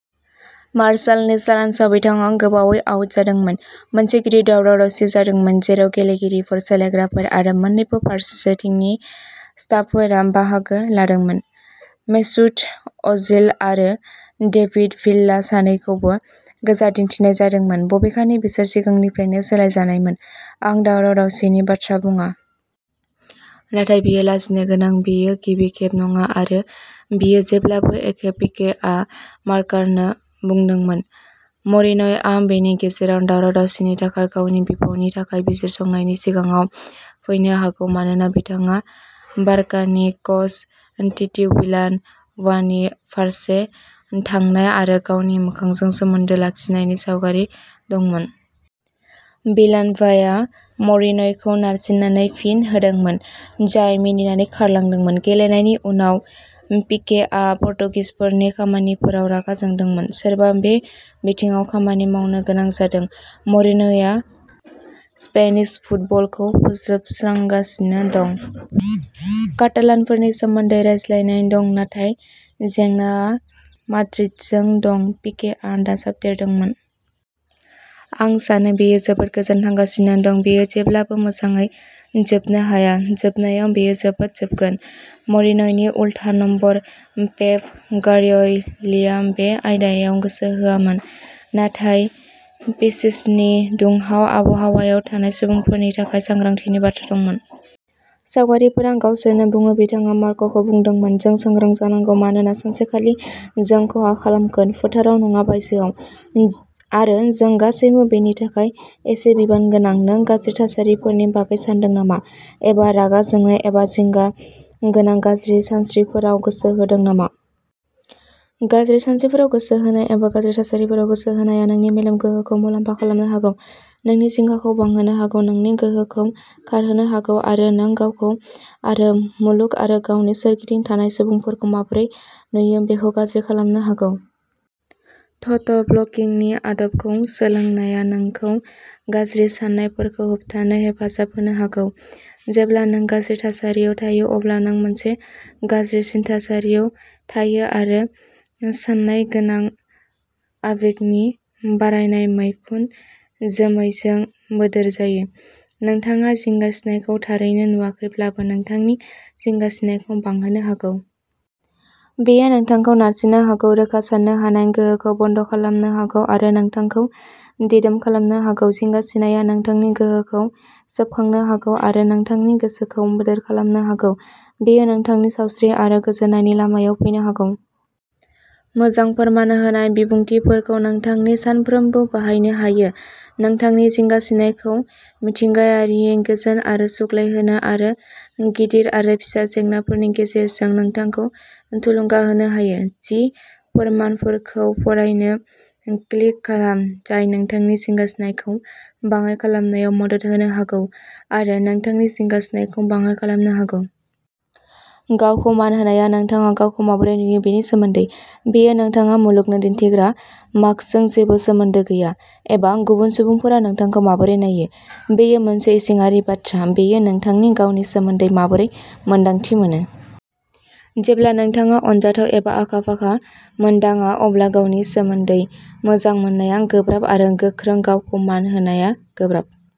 मार्सेलनि चेलेन्जआव बिथाङा गोबावै आउट जादोंमोन। मोनसे गिदिर दावराव-दावसि जादोंमोन जेराव गेलेगिरिफोर, सोलायग्राफोर आरो मोननैबो फारसेथिंनि स्टाफफोरा बाहागो लादोंमोन मेसुत अजिल आरो डेभिड भिल्ला सानैखौबो गोजा दिन्थिनाय जादोंमोन बबेखानि बिसोर सिगांनिफ्रायनो सोलायजानायमोन। आं दावराव-दावसिनि बाथ्रा बुङा। नाथाय बेयो लाजिनोगोनां, बेयो गिबि खेब नङा आरो बेयो जेब्लाबो एखे पिकेआ मार्कानो बुंदोंमोन। मरिनयआ बेनि गेजेराव दावराव-दावसिनि थाखाय गावनि बिफावनि थाखाय बिजिरसंनायनि सिङाव फैनो हागौ मानोना बिथाङा बारकानि कच टिटिविलान'वानि फारसे थांनाय आरो गावनि मोखांजों सोमोन्दो लाखिनायनि सावगारि दंमोन। विलाभाया मरिनयखौ नारसिन्नानै फिन होदोंमोन जाय मिनिनानै खारलांदोंमोन। गेलेनायनि उनाव पिकेआ पर्तुगिसफोरनि खामानिफोराव रागा जोंदोंमोन। सोरबा बे बिथिङाव खामानि मावनो गोनां जादों। मरिनयआ स्पेनिश फुटबलखौ फोजोबस्रांगासिनो दं। कातालानफोरनि सोमोन्दै रायज्लायनाय दं नाथाय जेंनाआ माद्रिदजों दं पिकेआ दाजाबदेरदोंमोन। आं सानो बेयो जोबोद गोजान थांगासिनो दं। बेयो जेब्लाबो मोजाङै जोबनो हाया। जोबनायाव बेयो जोबोद जोबगोन। "मरिनयनि उल्था नम्बर पेप गारिय'लिया बे आयदायाव गोसो होआमोन नाथाय पिच्चिचनि दुंहाव आबहावायाव थानाय सुबुंफोरनि थाखाय सांग्रांथिनि बाथ्रा दंमोन।" सावगारिफोरा गावसोरनो बुङो बिथाङा मार्कखौ बुंदोंमोन। "जों सांग्रां जानांगौ मानोना सानसेखालि जों खहा खालामगोन फोथाराव नङा बायजोयाव आरो जों गासैबो बेनि थाखाय एसे बिबान गोनां।" नों गाज्रि थासारिफोरनि बागै सानदों नामा? एबा रागा जोंनाय एबा जिंगा गोनां गाज्रि सानस्रिफोराव गोसो होदों नामा? गाज्रि सानस्रिफोराव गोसो होनाय एबा गाज्रि थासारिफोराव गोसो होनाया नोंनि मेलेम गोहोखौ मुलाम्फा खालामनो हागौ, नोंनि जिंगाखौ बांहोनो हागौ नोंनि गोहोखौ खारहोनो हागौ आरो नों गावखौ आरो मुलुग आरो गावनि सोरगिदिं थानाय सुबुंफोरखौ माबोरै नुयो बेखौ गाज्रि खालामनो हागौ। थ'ट ब्ल'किं नि आदबखौ सोलोंनाया नोंखौ गाज्रि साननायफोरखौ होबथानो हेफाजाब होनो हागौ। जेब्ला नों गाज्रि थासारियाव थायो अब्ला नों मोनसे गाज्रिसिन थासारियाव थायो आरो साननायगोनां आबेगनि बारायनाय मैखुन जोमैजों बोदोर जायो। नोंथाङा जिंगासिनायखौ थारैनो नुवाखैब्लाबो नोंथांनि जिंगासिनायखौ बांहोनो हागौ। बेयो नोंथांखौ नारसिननो हागौ रोखा सान्नो हानाय गोहोखौ बन्द'खालामनो हागौ आरो नोंथांखौ दिदोम खालामनो हागौ। जिंगासिनाया नोंथांनि गोहोखौ सोबखांनो हागौ आरो नोंथांनि गोसोखौ बोदोर खालामनो हागौ। बेयो नोंथांनि सावस्रि आरो गोजोननायनि लामायाव फैनो हागौ। मोजां फोरमान होनाय बिबुंथिफोरखौ नोंथांनि सानफ्रोमबो बाहायनो हायो नोंथांनि जिंगासिनायखौ मिथिंगायारियै गोजोन आरो सुग्लायहोनो आरो गिदिर आरो फिसा जेंनाफोरनि गेजेरजों नोंथांखौ थुलुंगा होनो हायो। जि फोरमानफोरखौ फरायनो क्लिक खालाम जाय नोंथांनि जिंगासिनायखौ बाङाय खालामनायाव मदद होनो हागौ आरो नोंथांनि जिंगासिनायखौ बाङाय खालामनो हागौ। गावखौ मान होनायआ नोंथाङा गावखौ माबोरै नुयो बेनि सोमोन्दै। बेयो नोंथाङा मुलुगनो दिन्थिग्रा मास्कजों जेबो सोमोन्दो गैया एबा गुबुन सुबुंफोरा नोंथांखौ माबोरै नायो। बेयो मोनसे इसिङारि बाथ्रा। बेयो नोंथांनि गावनि सोमोन्दै माबोरै मोन्दांथि मोनो। जेब्ला नोंथाङा अनजाथाव एबा आखा-फाखा मोनदाङा, अब्ला गावनि सोमोन्दै मोजां मोननाया गोब्राब आरो गोख्रों गावखौ मान होनाया गोब्राब।